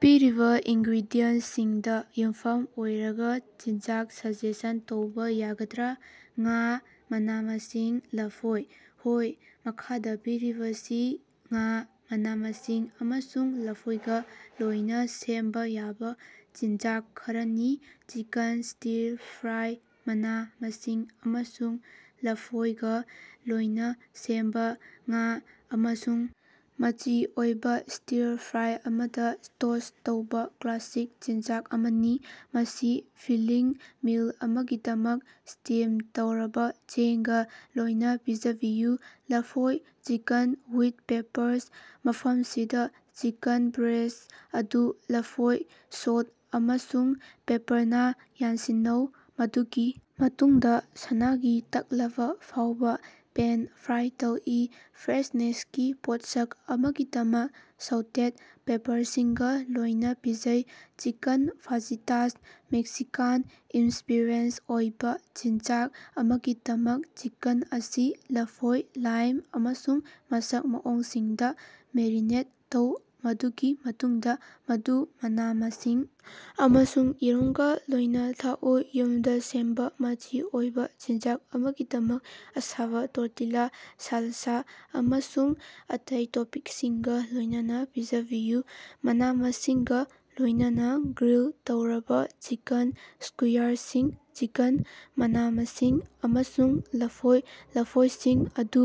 ꯄꯤꯔꯤꯕꯥ ꯏꯟꯒ꯭ꯔꯤꯗꯤꯌꯦꯟꯇꯁꯤꯡꯗꯥ ꯌꯨꯝꯐꯝ ꯑꯣꯏꯔꯒꯥ ꯆꯤꯠꯖꯥꯡ ꯁꯖꯦꯁ꯭ꯟ ꯇꯧꯕꯥ ꯌꯥꯒꯗ꯭ꯔꯥ? ꯉꯥ, ꯃꯅꯥ-ꯃꯁꯤꯡ, ꯂꯐꯣꯏ꯫ ꯍꯣꯏ! ꯃꯈꯥꯗꯥ ꯄꯤꯔꯤꯕꯁꯤ ꯉꯥ, ꯃꯅꯥ-ꯃꯁꯤꯡ ꯑꯃꯁꯨꯡ ꯂꯐꯣꯏꯒꯥ ꯂꯣꯌꯏꯅꯥ ꯁꯦꯝꯕꯥ ꯌꯥꯕꯥ ꯆꯤꯠꯖꯥꯡ ꯈꯔꯅꯤ: ꯆꯤꯀꯟ ꯁ꯭ꯇꯤꯔ ꯐ꯭ꯔꯥꯏ: ꯃꯅꯥ-ꯃꯁꯤꯡ ꯑꯃꯁꯨꯡ ꯂꯐꯣꯏꯒꯥ ꯂꯣꯏꯅꯥ ꯁꯦꯝꯕꯥ ꯉꯥ, ꯑꯃꯁꯨꯡ ꯃꯆꯤ ꯑꯣꯏꯕꯥ ꯁ꯭ꯇꯤꯔ ꯐ꯭ꯔꯥꯏ ꯑꯃꯗꯥ ꯇꯣꯁ ꯇꯧꯕꯥ ꯀ꯭ꯂꯥꯁꯤꯛ ꯆꯤꯠꯖꯥꯡ ꯑꯃꯅꯤ꯫ ꯃꯁꯤ ꯐꯤꯜꯂꯤꯡ ꯃꯤꯜ ꯑꯃꯒꯤꯗꯃꯛ ꯁ꯭ꯇꯤꯝ ꯇꯧꯔꯕꯥ ꯆꯦꯡꯒꯥ ꯂꯣꯏꯅꯥ ꯄꯤꯖꯕꯤꯌꯨ꯫ ꯂꯐꯣꯏ ꯆꯤꯀꯟ ꯋꯤꯠ ꯄꯦꯄꯔꯁ: ꯃꯐꯝꯁꯤꯗꯥ, ꯆꯤꯀꯟ ꯕ꯭ꯔꯦꯁ꯭ꯠ ꯑꯗꯨ ꯂꯐꯣꯏ, ꯁꯣꯜꯇ ꯑꯃꯁꯨꯡ ꯄꯦꯄꯔꯅꯥ ꯌꯥꯟꯁꯤꯟꯅꯩ, ꯃꯗꯨꯒꯤ ꯃꯇꯨꯡꯗꯥ ꯁꯅꯥꯒꯤ ꯇꯛꯂꯕꯥ ꯐꯥꯎꯕꯥ ꯄꯦꯟ-ꯐ꯭ꯔꯥꯏ ꯇꯧꯏ꯫ ꯐ꯭ꯔꯦꯁꯅꯦꯁꯀꯤ ꯄꯣꯠꯁꯛ ꯑꯃꯒꯤꯗꯃꯛ ꯁꯧꯇꯦꯗ ꯄꯦꯄꯔꯁꯤꯡꯒꯥ ꯂꯣꯏꯅꯥ ꯄꯤꯖꯩ꯫ ꯆꯤꯀꯟ ꯐꯥꯖꯤꯇꯥꯁ: ꯃꯦꯛꯁꯤꯀꯥꯟ ꯏꯝꯁ꯭ꯄꯤꯔꯦꯁꯟ ꯑꯣꯏꯕꯥ ꯆꯤꯠꯖꯥꯡ ꯑꯃꯒꯤꯗꯃꯛ, ꯆꯤꯀꯟ ꯑꯁꯤ ꯂꯐꯣꯏ, ꯂꯥꯏꯝ ꯑꯃꯁꯨꯡ ꯃꯁꯛ ꯃꯑꯣꯡꯁꯤꯡꯗꯥ ꯃꯦꯔꯤꯅꯦꯠ ꯇꯧ, ꯃꯗꯨꯒꯤ ꯃꯇꯨꯡꯗꯥ ꯃꯗꯨ ꯃꯅꯥ-ꯃꯁꯤꯡ ꯑꯃꯁꯨꯡ ꯌꯦꯔꯨꯝꯒꯥ ꯂꯣꯏꯅꯥ ꯊꯛꯎ꯫ ꯌꯨꯝꯗꯥ ꯁꯦꯝꯕꯥ ꯃꯆꯤ ꯑꯣꯏꯕꯥ ꯆꯤꯟꯖꯥꯛ ꯑꯃꯒꯤꯗꯃꯛ ꯑꯁꯥꯕꯥ ꯇꯣꯔꯇꯤꯂꯥ, ꯁꯥꯂꯁꯥ ꯑꯃꯁꯨꯡ ꯑꯇꯩ ꯇꯣꯄꯤꯡꯁꯤꯡꯒꯥ ꯂꯣꯏꯅꯅꯥ ꯄꯤꯖꯕꯤꯌꯨ꯫ ꯃꯅꯥ-ꯃꯁꯤꯡꯒꯥ ꯂꯣꯏꯅꯅꯥ ꯒ꯭ꯔꯤꯜ ꯇꯧꯔꯕꯥ ꯆꯤꯀꯟ ꯁ꯭ꯀꯨꯌꯥꯔꯁꯤꯡ: ꯆꯤꯀꯟ, ꯃꯅꯥ-ꯃꯁꯤꯡ ꯑꯃꯁꯨꯡ ꯂꯐꯣꯏ ꯂꯐꯣꯏꯁꯤꯡ ꯑꯗꯨ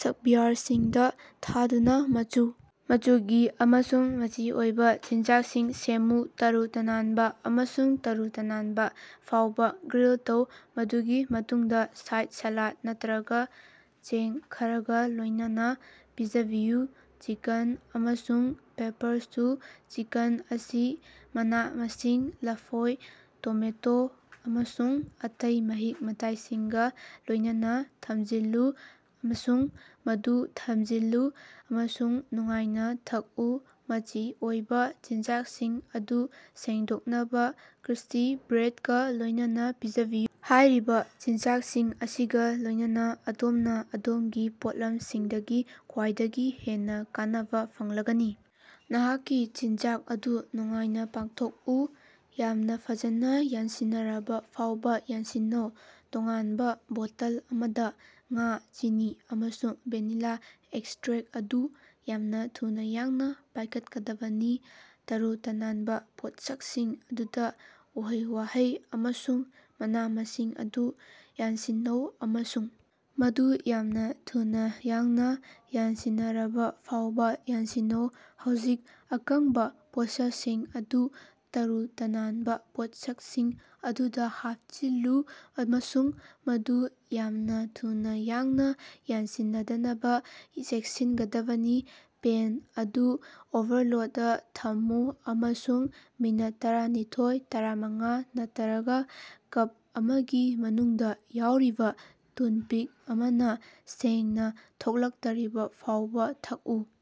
ꯁ꯭ꯛꯕ꯭ꯌꯥꯔꯁꯤꯡꯗꯥ ꯊꯥꯗꯨꯅꯥ ꯃꯆꯨ ꯃꯆꯨꯒꯤ ꯑꯃꯁꯨꯡ ꯃꯆꯤ ꯑꯣꯏꯕꯥ ꯆꯤꯟꯖꯥꯛꯁꯤꯡ ꯁꯦꯝꯃꯨ꯫ ꯇꯔꯨ-ꯇꯅꯥꯟꯕꯥ ꯑꯃꯁꯨꯡ ꯇꯔꯨ-ꯇꯅꯥꯟꯕꯥ ꯐꯥꯎꯕꯥ ꯒ꯭ꯔꯤꯜ ꯇꯧ, ꯃꯗꯨꯒꯤ ꯃꯇꯨꯡꯗꯥ ꯁꯥꯏꯗ ꯁꯥꯂꯥꯗ ꯅꯠꯇꯔꯒꯥ ꯆꯦꯡ ꯈꯔꯒꯥ ꯂꯣꯏꯅꯅꯥ ꯄꯤꯖꯕꯤꯌꯨ꯫ ꯆꯤꯀꯟ ꯑꯃꯁꯨꯡ ꯄꯦꯄꯔ ꯁ꯭ꯇꯨ: ꯆꯤꯀꯟ ꯑꯁꯤ ꯃꯅꯥ-ꯃꯁꯤꯡ, ꯂꯐꯣꯏ, ꯇꯣꯃꯦꯇꯣ, ꯑꯃꯁꯨꯡ ꯑꯇꯩ ꯃꯍꯤꯛ-ꯃꯇꯥꯏꯁꯤꯡꯒꯥ ꯂꯣꯏꯅꯅꯥ ꯊꯝꯖꯤꯜꯂꯨ ꯑꯃꯁꯨꯡ ꯃꯗꯨ ꯊꯝꯖꯤꯜꯂꯨ ꯑꯃꯁꯨꯡ ꯅꯨꯡꯉꯥꯏꯅꯥ ꯊꯛꯎ꯫ ꯃꯆꯤ ꯑꯣꯏꯕꯥ ꯆꯤꯟꯖꯥꯛꯁꯤꯡ ꯑꯗꯨ ꯁꯦꯡꯗꯣꯛꯅꯕꯥ ꯀ꯭ꯔꯨꯁ꯭ꯇꯤ ꯕ꯭ꯔꯦꯗꯀꯥ ꯂꯣꯏꯅꯅꯥ ꯄꯤꯖꯕꯤꯌꯨ꯫ ꯍꯥꯏꯔꯤꯕꯥ ꯆꯤꯠꯖꯥꯡꯁꯤꯡ ꯑꯁꯤꯒꯥ ꯂꯣꯏꯅꯅꯥ ꯑꯗꯣꯝꯅꯥ ꯑꯗꯣꯝꯒꯤ ꯄꯣꯠꯂꯝꯁꯤꯡꯗꯒꯤ ꯈ꯭ꯋꯥꯏꯗꯒꯤ ꯍꯦꯟꯅꯥ ꯀꯥꯟꯅꯕꯥ ꯐꯪꯂꯒꯅꯤ! ꯅꯍꯥꯛꯀꯤ ꯆꯤꯠꯖꯥꯛ ꯑꯗꯨ ꯅꯨꯡꯉꯥꯏꯅꯥ ꯄꯥꯡꯊꯣꯛꯎ! ꯫ ꯌꯥꯝꯅꯥ ꯐꯖꯅꯥ ꯌꯥꯟꯁꯤꯟꯅꯔꯕꯥ ꯐꯥꯎꯕꯥ ꯌꯥꯟꯁꯤꯟꯅꯧ꯫ ꯇꯣꯉꯥꯟꯕꯥ ꯕꯣꯇꯜ ꯑꯃꯗꯥ ꯉꯥ, ꯆꯤꯅꯤ ꯑꯃꯁꯨꯡ ꯚꯦꯅꯤꯂꯥ ꯑꯦꯛꯁꯇ꯭ꯔꯦꯛꯇ ꯑꯗꯨ ꯌꯥꯝꯅꯥ ꯊꯨꯅꯥ ꯌꯥꯡꯅꯥ ꯄꯥꯏꯈꯠꯀꯗꯕꯅꯤ꯫ ꯇꯔꯨ-ꯇꯅꯥꯟꯕꯥ ꯄꯣꯠꯁꯛꯁꯤꯡ ꯑꯗꯨꯗꯥ ꯎꯍꯩ-ꯋꯥꯍꯩ ꯑꯃꯁꯨꯡ ꯃꯅꯥ-ꯃꯁꯤꯡ ꯑꯗꯨ ꯌꯥꯟꯁꯤꯟꯅꯧ ꯑꯃꯁꯨꯡ ꯃꯗꯨ ꯌꯥꯝꯅꯥ ꯊꯨꯅꯥ ꯌꯥꯡꯅꯥ ꯌꯥꯟꯁꯤꯟꯅꯔꯕꯥ ꯐꯥꯎꯕꯥ ꯌꯥꯟꯁꯤꯟꯅꯧ꯫ ꯍꯧꯖꯤꯛ, ꯑꯀꯪꯕꯥ ꯄꯣꯠꯁꯛꯁꯤꯡ ꯑꯗꯨ ꯇꯔꯨ-ꯇꯅꯥꯟꯕꯥ ꯄꯣꯠꯁꯛꯁꯤꯡ ꯑꯗꯨꯗꯥ ꯍꯥꯞꯆꯤꯜꯂꯨ, ꯑꯃꯁꯨꯡ ꯃꯗꯨ ꯌꯥꯝꯅꯥ ꯊꯨꯅꯥ ꯌꯥꯡꯅꯥ ꯌꯥꯟꯁꯤꯟꯅꯗꯅꯕꯥ ꯆꯦꯛꯁꯤꯠꯗꯕꯅꯤ꯫ ꯄꯦꯟ ꯑꯗꯨ ꯑꯣꯚꯔꯑꯣꯂꯗꯥ ꯊꯝꯃꯨ ꯑꯃꯁꯨꯡ ꯃꯤꯅꯠꯇꯔꯥꯅꯤꯊ‌ꯣꯏ- ꯇꯔꯥꯃꯉꯥ ꯅꯠꯇꯔꯒꯥ ꯀꯞ ꯑꯃꯒꯤ ꯃꯅꯨꯡꯗꯥ ꯌꯥꯎꯔꯤꯕꯥ ꯇꯨꯟꯄꯤꯛ ꯑꯃꯅꯥ ꯁꯦꯡꯅꯥ ꯊꯣꯛꯂꯛꯇꯔꯤꯕ ꯐꯥꯎꯕꯥ ꯊꯛꯎ꯫